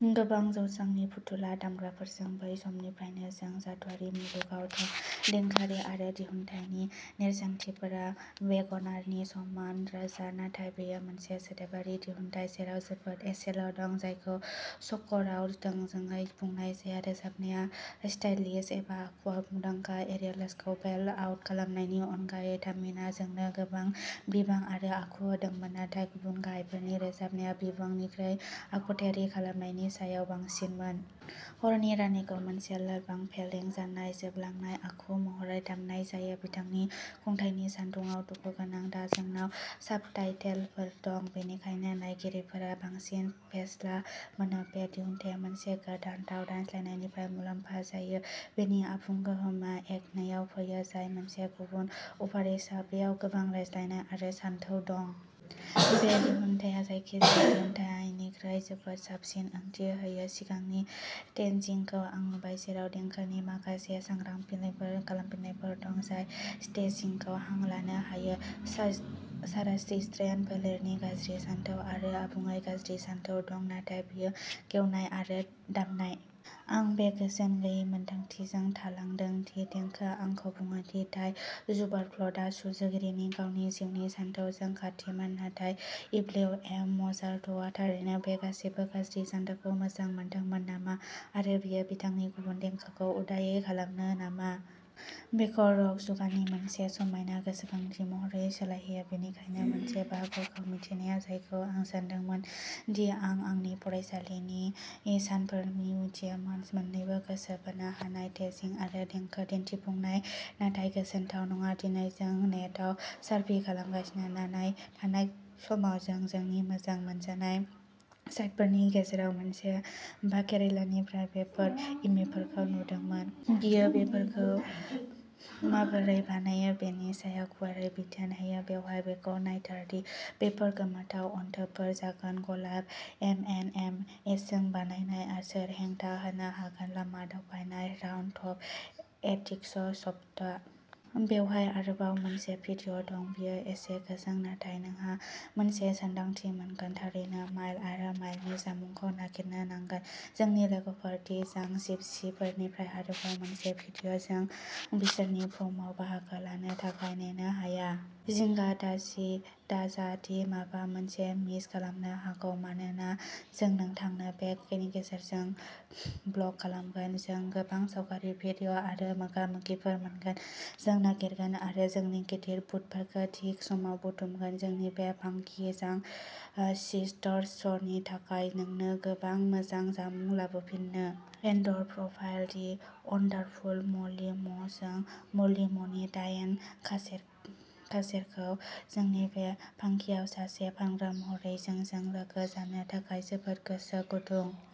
गोबां जौसांनि फुथुला दामग्राफोरजों बै समनिफ्रायनो जों जादुआरि मुलुगाव दं, देंखोआरि आरो दिहुनथायनि नेरसोनथिफोरा वेगनारनि समान रोजा। नाथाय बेयो मोनसे सोदोबारि दिहुनथाय, जेराव जोबोद एसेल' दं जायखौ स्क'रआव थोंजोङै बुंनाय जाया। रोजाबनाया स्टाइलिश आरो आखुआव मुंदांखा एरियासखौ बेल्ट आउट खालामनायनि अनगायै, तामिन'आ जोंनो गोबां बिबां आरो आखु होदोंमोन नाथाय गुबुन गाहायफोरनि रोजाबनाया बिबांनिख्रुइ आखुथायारि खालामनायनि सायाव बांसिनमोन। हरनि रानिखौ मोनसे लोरबां, फेलें जानाय, जोबलांनाय आखु महरै दामनाय जायो, बिथांनि खुंथायनि सान्दुंआव दुखुगोनां। दा जोंनाव साबटाइटेलफोर दं बेनिखायनो नायगिरिफोरा बांसिन फेस्ला मोनो। बे दिहुनथाया मोनसे गोदान राव दानस्लायनायनिफ्राय मुलाम्फा जायो, बेनि आबुं गोहोमआ एक्ट नैआव फैयो, जाय मोनसे गुबुन अपेरासो, बेयाव गोबां रायज्लायनाय आरो सानथौ दं। बे दिहुनथाया जायखिजाया दिहुनथायनिख्रुइ जोबोद साबसिन ओंथि होयो। सिगांनि स्टेजिंखौ आं नुबाय, जेराव देंखोनि माखासे सांग्रां खालामफिननायफोर दं, जाय स्टेजिंखौ हां लानो होयो। सारास्ट्रियान फोलेरनि गाज्रि सानथौ आरो आबुङै गाज्रि सानथौ दं, नाथाय बेयो गेवनाय आरो दामनाय। आं बे गोजोन गैयै मोन्दांथिजों थालांदों दि देंखोआ आंखौ बुङोदि डाई ज़ुबारफ्ल'टआ सुजुगिरिनि गावनि जिउनि सानथौजों खाथिमोन, नाथाय डब्लिउ ए मजार्टआ थारैनो बे गासैबो गाज्रि सानथौखौ मोजां मोनदोंमोन नामा आरो बेयो बिथांनि गुबुन देंखोखौ उदायै खालामो नामा? बेखौ र'क जुगनि मोनसे समायना गोसोखांथि महरैल' सोलायहोयो? बेनिखायनो मोनसे बाहागोखौ मिथिनाया जायखौ आं सान्दोंमोन दि आं आंनि फरायसालिनि सानफोरनिफ्राय मिथियोमोन, मोननैबो गोसो बोनो हानाय स्टेजिं आरो देंखो दिन्थिफुंनाय नाथाय गोजोनथाव नङा। दिनै जों नेटआव सार्फिं खालामगासिनो थानाय समाव जों जोंनि मोजां मोनजानाय साइटफोरनि गेजेराव मोनसे, बाकेरेलानिफ्राय बेफोर यम्मीफोरखौ नुदोंमोन। बियो बेफोरखौ माबोरै बानायो बेनि सायाव गुवारै बिथोन होयो। बेवहाय। बेखौ नायथार दि बेफोर गोमोथाव अनथोबफोर जागोन, गलाब एम एन्ड एम एसजों बानायनाय, सोर हेंथा होनो हागोन? लामा दावबायनाय! राउन्ड टप एन्टिकस सप्ता! बेवहाय आरोबाव मोनसे भिडिय' दं बेयो एसे गोजों, नाथाय नोंहा मोनसे सानदांथि मोनगोन। थारैनो माइल आरो माइलनि जामुंखौ नागिरनो नांगोन। जोंनि लोगोफोर दि जांक जिपसिफोरनिफ्राय आरोबाव मोनसे भिडिय'! जों बिसोरनि प्रमआव बाहागो लानो थाखाय नेनो हाया! जिंगा दाजा दि माबा मोनसे मिस खालामनो हागौ, मानोना जों नोंथांनो बेनि गेजेरजों ब्लग खालामगोन। जों गोबां सावगारि, भिडिय' आरो मोगा मोगिफोर मोनगोन। जों नागिरगोन आरो जोंनि गिदिर बुटफोरखौ थि समाव बुथुमगोन जोंनि मे फांकि जांक सिस्टार्स श'नि थाखाय नोंनो गोबां मोजां जामुं लाबोफिन्नो! भेन्डर प्रफाइल दि वन्डारफुल म'लि म' जों म'लि म'नि डायेन कासेरखौ जोंनि मे फांकिआव सासे फानग्रा महरै जोंजों लोगो जानो थाखाय जोबोद गोसो गुदुं।